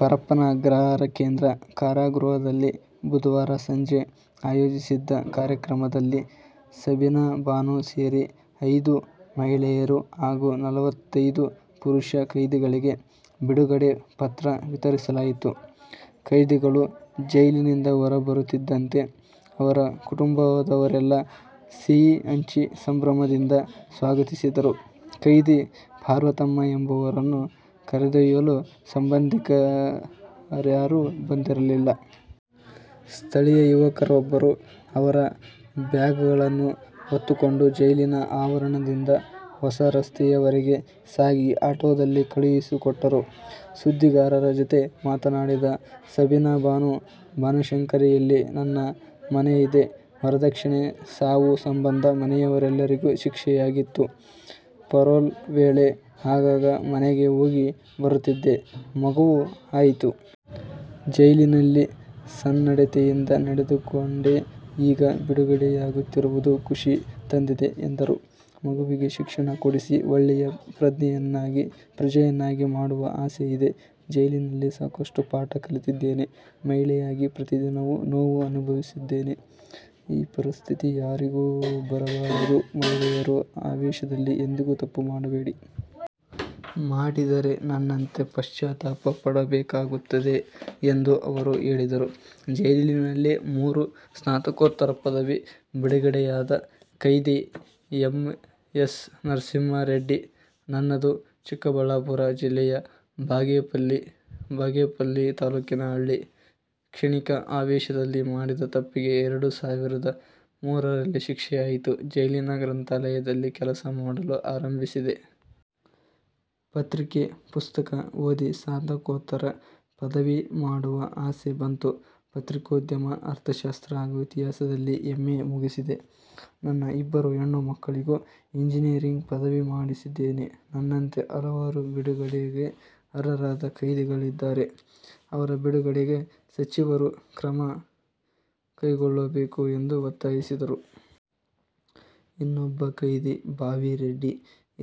ಪರಪ್ಪನ ಅಗ್ರಹಾರ ಕೇಂದ್ರ ಕಾರಾಗೃಹದಲ್ಲಿ ಬುಧವಾರ ಸಂಜೆ ಆಯೋಜಿಸಿದ್ದ ಕಾರ್ಯಕ್ರಮದಲ್ಲಿ ಸಬೀನಾ ಬಾನು ಸೇರಿ ಐದು ಮಹಿಳೆಯರು ಹಾಗೂ ನಲವತ್ತೈದು ಪುರುಷ ಕೈದಿಗಳಿಗೆ ಬಿಡುಗಡೆ ಪತ್ರ ವಿತರಿಸಲಾಯಿತು. ಕೈದಿಗಳು ಜೈಲಿನಿಂದ ಹೊರಬರುತ್ತಿದ್ದಂತೆ, ಅವರ ಕುಟುಂಬದವರೆಲ್ಲ ಸಿಹಿ ಹಂಚಿ ಸಂಭ್ರಮದಿಂದ ಸ್ವಾಗತಿಸಿದರು. ಕೈದಿ ಪಾರ್ವತಮ್ಮ ಎಂಬುವರನ್ನು ಕರೆದೊಯ್ಯಲು ಸಂಬಂಧಿಕರ್ಯಾರು ಬಂದಿರಲಿಲ್ಲ. ಸ್ಥಳೀಯ ಯುವಕರೊಬ್ಬರು ಅವರ ಬ್ಯಾಗ್ಗಳನ್ನು ಹೊತ್ತುಕೊಂಡು ಜೈಲಿನ ಆವರಣದಿಂದ ಹೊಸ ರಸ್ತೆಯವರೆಗೆ ಸಾಗಿ, ಆಟೋದಲ್ಲಿ ಕಳುಹಿಸಿಕೊಟ್ಟರು. ಸುದ್ದಿಗಾರರ ಜತೆ ಮಾತನಾಡಿದ ಸಬೀನಾ ಬಾನು, 'ಬನಶಂಕರಿಯಲ್ಲಿ ನನ್ನ ಮನೆ ಇದೆ. ವರದಕ್ಷಿಣೆ ಸಾವು ಸಂಬಂಧ ಮನೆಯವರೆಲ್ಲರಿಗೂ ಶಿಕ್ಷೆಯಾಗಿತ್ತು. ಪರೋಲ್ ವೇಳೆ ಆಗಾಗ ಮನೆಗೆ ಹೋಗಿ ಬರುತ್ತಿದ್ದೆ. ಮಗುವೂ ಆಯಿತು. ಜೈಲಿನಲ್ಲಿ ಸನ್ನಡತೆಯಿಂದ ನಡೆದುಕೊಂಡೆ. ಈಗ ಬಿಡುಗಡೆಯಾಗುತ್ತಿರುವುದು ಖುಷಿ ತಂದಿದೆ' ಎಂದರು. 'ಮಗುವಿಗೆ ಶಿಕ್ಷಣ ಕೊಡಿಸಿ ಒಳ್ಳೆಯ ಪ್ರಜೆಯನ್ನಾಗಿ ಮಾಡುವ ಆಸೆ ಇದೆ. ಜೈಲಿನಲ್ಲಿ ಸಾಕಷ್ಟು ಪಾಠ ಕಲಿತಿದ್ದೇನೆ. ಮಹಿಳೆಯಾಗಿ ಪ್ರತಿದಿನವೂ ನೋವು ಅನುಭವಿಸಿದ್ದೇನೆ. ಈ ಪರಿಸ್ಥಿತಿ ಯಾರಿಗೂ ಬರಬಾರದು. ಮಹಿಳೆಯರು ಆವೇಷದಲ್ಲಿ ಎಂದಿಗೂ ತಪ್ಪು ಮಾಡಬೇಡಿ. ಮಾಡಿದರೆ, ನನ್ನಂತೆ ಪಶ್ಚಾತಾಪ ಪಡಬೇಕಾಗುತ್ತದೆ' ಎಂದು ಅವರು ಹೇಳಿದರು. ಜೈಲ್ಲಿನಲ್ಲೇ ಮೂರು ಸ್ನಾತಕೋತ್ತರ ಪದವಿ: ಬಿಡುಗಡೆಯಾದ ಕೈದಿ ಎಂ. ಎಸ್. ನರಸಿಂಹ ರೆಡ್ಡಿ, 'ನನ್ನದು ಚಿಕ್ಕಬಳ್ಳಾಪುರ ಜಿಲ್ಲೆಯ ಬಾಗೇಪಲ್ಲಿ ತಾಲ್ಲೂಕಿನ ಹಳ್ಳಿ. ಕ್ಷಣಿಕ ಆವೇಷದಲ್ಲಿ ಮಾಡಿದ ತಪ್ಪಿಗೆ ಎರಡು ಸಾವಿರದ ಮೂರರಲ್ಲಿ ಶಿಕ್ಷೆಯಾಯಿತು. ಜೈಲಿನ ಗ್ರಂಥಾಲಯದಲ್ಲಿ ಕೆಲಸ ಮಾಡಲು ಆರಂಭಿಸಿದೆ. ಪತ್ರಿಕೆ, ಪುಸ್ತಕ ಓದಿ ಸ್ನಾತಕೋತ್ತರ ಪದವಿ ಮಾಡುವ ಆಸೆ ಬಂತು. ಪತ್ರಿಕೋದ್ಯಮ, ಅರ್ಥಶಾಸ್ತ್ರ ಹಾಗೂ ಇತಿಹಾಸದಲ್ಲಿ ಎಂ. ಎ ಮುಗಿಸಿದೆ. ನನ್ನ ಇಬ್ಬರು ಹೆಣ್ಣು ಮಕ್ಕಳಿಗೂ ಎಂಜಿನಿಯರಿಂಗ್ ಪದವಿ ಮಾಡಿಸಿದ್ದೇನೆ. ನನ್ನಂತೆ ಹಲವರು ಬಿಡುಗಡೆಗೆ ಅರ್ಹರಾದ ಕೈದಿಗಳಿದ್ದಾರೆ. ಅವರ ಬಿಡುಗಡೆಗೆ ಸಚಿವರು ಕ್ರಮ ಕೈಗೊಳ್ಳಬೇಕು' ಎಂದು ಒತ್ತಾಯಿಸಿದರು. ಇನ್ನೊಬ್ಬ ಕೈದಿ ಭಾವಿ ರೆಡ್ಡಿ,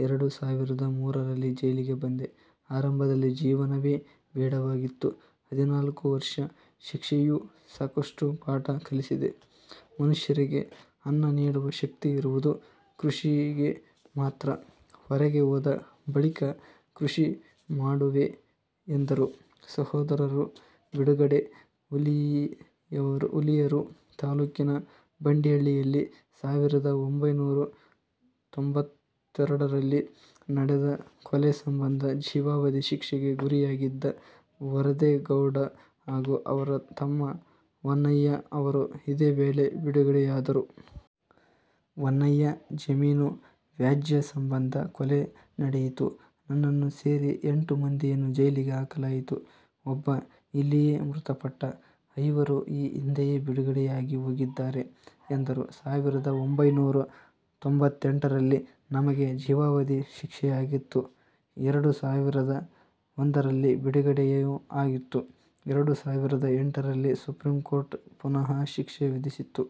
ಎರಡು ಸಾವಿರದ ಮೂರರಲ್ಲಿ ಜೈಲಿಗೆ ಬಂದೆ. ಆರಂಭದಲ್ಲಿ ಜೀವನವೇ ಬೇಡವಾಗಿತ್ತು. ಹದಿನಾಲ್ಕು ವರ್ಷ ಶಿಕ್ಷೆಯು ಸಾಕಷ್ಟು ಪಾಠ ಕಲಿಸಿದೆ. ಮನುಷ್ಯರಿಗೆ ಅನ್ನ ನೀಡುವ ಶಕ್ತಿ ಇರುವುದು ಕೃಷಿಗೆ ಮಾತ್ರ. ಹೊರಗೆ ಹೋದ ಬಳಿಕ ಕೃಷಿ ಮಾಡುವೆ' ಎಂದರು. ಸಹೋದರರು ಬಿಡುಗಡೆ: ಹುಲಿಯೂರು ತಾಲ್ಲೂಕಿನ ಬಂಡಿಹಳ್ಳಿಯಲ್ಲಿ ಸಾವಿರದ ಒಂಭೈನೂರ ತೊಂಬತ್ತೆರಡರಲ್ಲಿ ನಡೆದ ಕೊಲೆ ಸಂಬಂಧ ಜೀವಾವಧಿ ಶಿಕ್ಷೆಗೆ ಗುರಿಯಾಗಿದ್ದ ವರದೇಗೌಡ ಹಾಗೂ ಅವರ ತಮ್ಮ ವನ್ನಯ್ಯ ಅವರು ಇದೇ ವೇಳೆ ಬಿಡುಗಡೆಯಾದರು. ವನ್ನಯ್ಯ, 'ಜಮೀನು ವ್ಯಾಜ್ಯ ಸಂಬಂಧ ಕೊಲೆ ನಡೆಯಿತು. ನನ್ನನ್ನು ಸೇರಿ ಎಂಟು ಮಂದಿಯನ್ನು ಜೈಲಿಗೆ ಹಾಕಲಾಯಿತು. ಒಬ್ಬ ಇಲ್ಲಿಯೇ ಮೃತಪಟ್ಟ. ಐವರು ಈ ಹಿಂದೆಯೇ ಬಿಡುಗಡೆಯಾಗಿ ಹೋಗಿದ್ದಾರೆ' ಎಂದರು. ಸಾವಿರದ ಒಂಭೈನೂರ ತೊಂಬತ್ತೆಂಟರಲ್ಲಿ ನಮಗೆ ಜೀವಾವಧಿ ಶಿಕ್ಷೆಯಾಗಿತ್ತು. ಎರಡು ಸಾವಿರದ ಒಂದರಲ್ಲಿ ಬಿಡುಗಡೆಯೂ ಆಗಿತ್ತು. ಎರಡು ಸಾವಿರದ ಎಂಟರಲ್ಲಿ ಸುಪ್ರೀಂಕೋರ್ಟ್ ಪುನಃ ಶಿಕ್ಷೆ ವಿಧಿಸಿತ್ತು.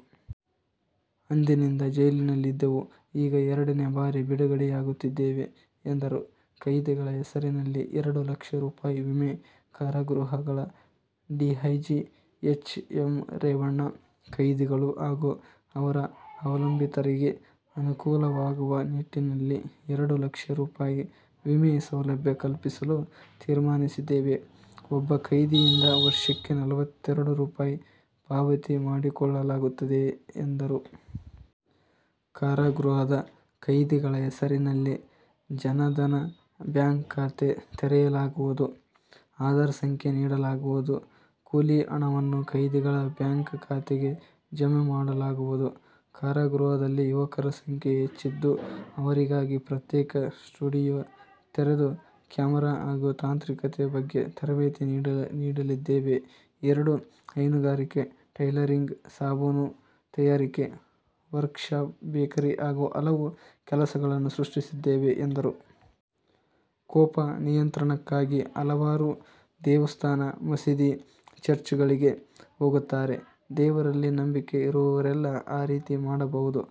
ಅಂದಿನಿಂದ ಜೈಲಿನಲ್ಲಿದ್ದೆವು. ಈಗ ಎರಡನೇ ಬಾರಿ ಬಿಡುಗಡೆಯಾಗುತ್ತಿದ್ದೇವೆ ಎಂದರು. ಕೈದಿಗಳ ಹೆಸರಿನಲ್ಲಿ ಎರಡು ಲಕ್ಷ ರೂಪಾಯಿ ವಿಮೆ: ಕಾರಾಗೃಹಗಳ ಡಿಐಜಿ ಎಚ್. ಎಂ. ರೇವಣ್ಣ, ಕೈದಿಗಳು ಹಾಗೂ ಅವರ ಅವಲಂಬಿತರಿಗೆ ಅನುಕೂಲವಾಗುವ ನಿಟ್ಟಿನಲ್ಲಿ ಎರಡು ಲಕ್ಷ ರೂಪಾಯಿ ವಿಮೆ ಸೌಲಭ್ಯ ಕಲ್ಪಿಸಲು ತೀರ್ಮಾನಿಸಿದ್ದೇವೆ. ಒಬ್ಬ ಕೈದಿಯಿಂದ ವರ್ಷಕ್ಕೆ ನಲವತ್ತೆರಡು ರೂಪಾಯಿ ಪಾವತಿ ಮಾಡಿಸಿಕೊಳ್ಳಲಾಗುತ್ತಿದೆ ಎಂದರು. 'ಕಾರಾಗೃಹದ ಕೈದಿಗಳ ಹೆಸರಿನಲ್ಲಿ ಜನಧನ್ ಬ್ಯಾಂಕ್ ಖಾತೆ ತೆರೆಯಲಾಗುವುದು. ಆಧಾರ್ ಸಂಖ್ಯೆ ನೀಡಲಾಗುವುದು. ಕೂಲಿ ಹಣವನ್ನು ಕೈದಿಗಳ ಬ್ಯಾಂಕ್ ಖಾತೆಗೆ ಜಮೆ ಮಾಡಲಾಗುವುದು. ಕಾರಾಗೃಹದಲ್ಲಿ ಯುವಕರ ಸಂಖ್ಯೆ ಹೆಚ್ಚಿದ್ದು, ಅವರಿಗಾಗಿ ಪ್ರತ್ಯೇಕ ಸ್ಟುಡಿಯೊ ತೆರೆದು ಕ್ಯಾಮೆರಾ ಹಾಗೂ ತಾಂತ್ರಿಕತೆ ಬಗ್ಗೆ ತರಬೇತಿ ನೀಡಲಿದ್ದೇವೆಎರಡು ಹೈನುಗಾರಿಕೆ, ಟೈಲರಿಂಗ್, ಸಾಬೂನು ತಯಾರಿಕೆ, ವರ್ಕ್ಶಾಪ್, ಬೇಕರಿ ಹಾಗೂ ಹಲವು ಕೆಲಸಗಳನ್ನು ಸೃಷ್ಟಿಸುತ್ತಿದ್ದೇವೆ' ಎಂದರು. 'ಕೋಪ ನಿಯಂತ್ರಣಕ್ಕಾಗಿ ಹಲವರು ದೇವಸ್ಥಾನ, ಮಸೀದಿ, ಚರ್ಚ್ಗಳಿಗೆ ಹೋಗುತ್ತಾರೆ. ದೇವರಲ್ಲಿ ನಂಬಿಕೆ ಇರುವವರೆಲ್ಲ ಆ ರೀತಿ ಮಾಡಬಹುದು.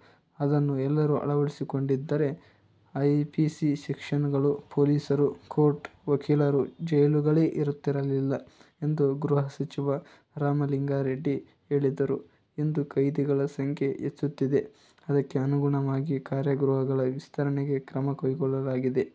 ಅದನ್ನು ಎಲ್ಲರೂ ಅಳವಡಿಸಿಕೊಂಡಿದ್ದರೆ, ಐಪಿಸಿ ಸೆಕ್ಷನ್ಗಳು, ಪೊಲೀಸರು, ಕೋರ್ಟ್, ವಕೀಲರು, ಜೈಲುಗಳೇ ಇರುತ್ತಿರಲಿಲ್ಲ' ಎಂದು ಗೃಹ ಸಚಿವ ರಾಮಲಿಂಗಾರೆಡ್ಡಿ ಹೇಳಿದರು. 'ಇಂದು ಕೈದಿಗಳ ಸಂಖ್ಯೆ ಹೆಚ್ಚುತ್ತಿದೆ. ಅದಕ್ಕೆ ಅನುಗುಣವಾಗಿ ಕಾರಾಗೃಹಗಳ ವಿಸ್ತರಣೆಗೆ ಕ್ರಮ ಕೈಗೊಳ್ಳಲಾಗಿದೆ.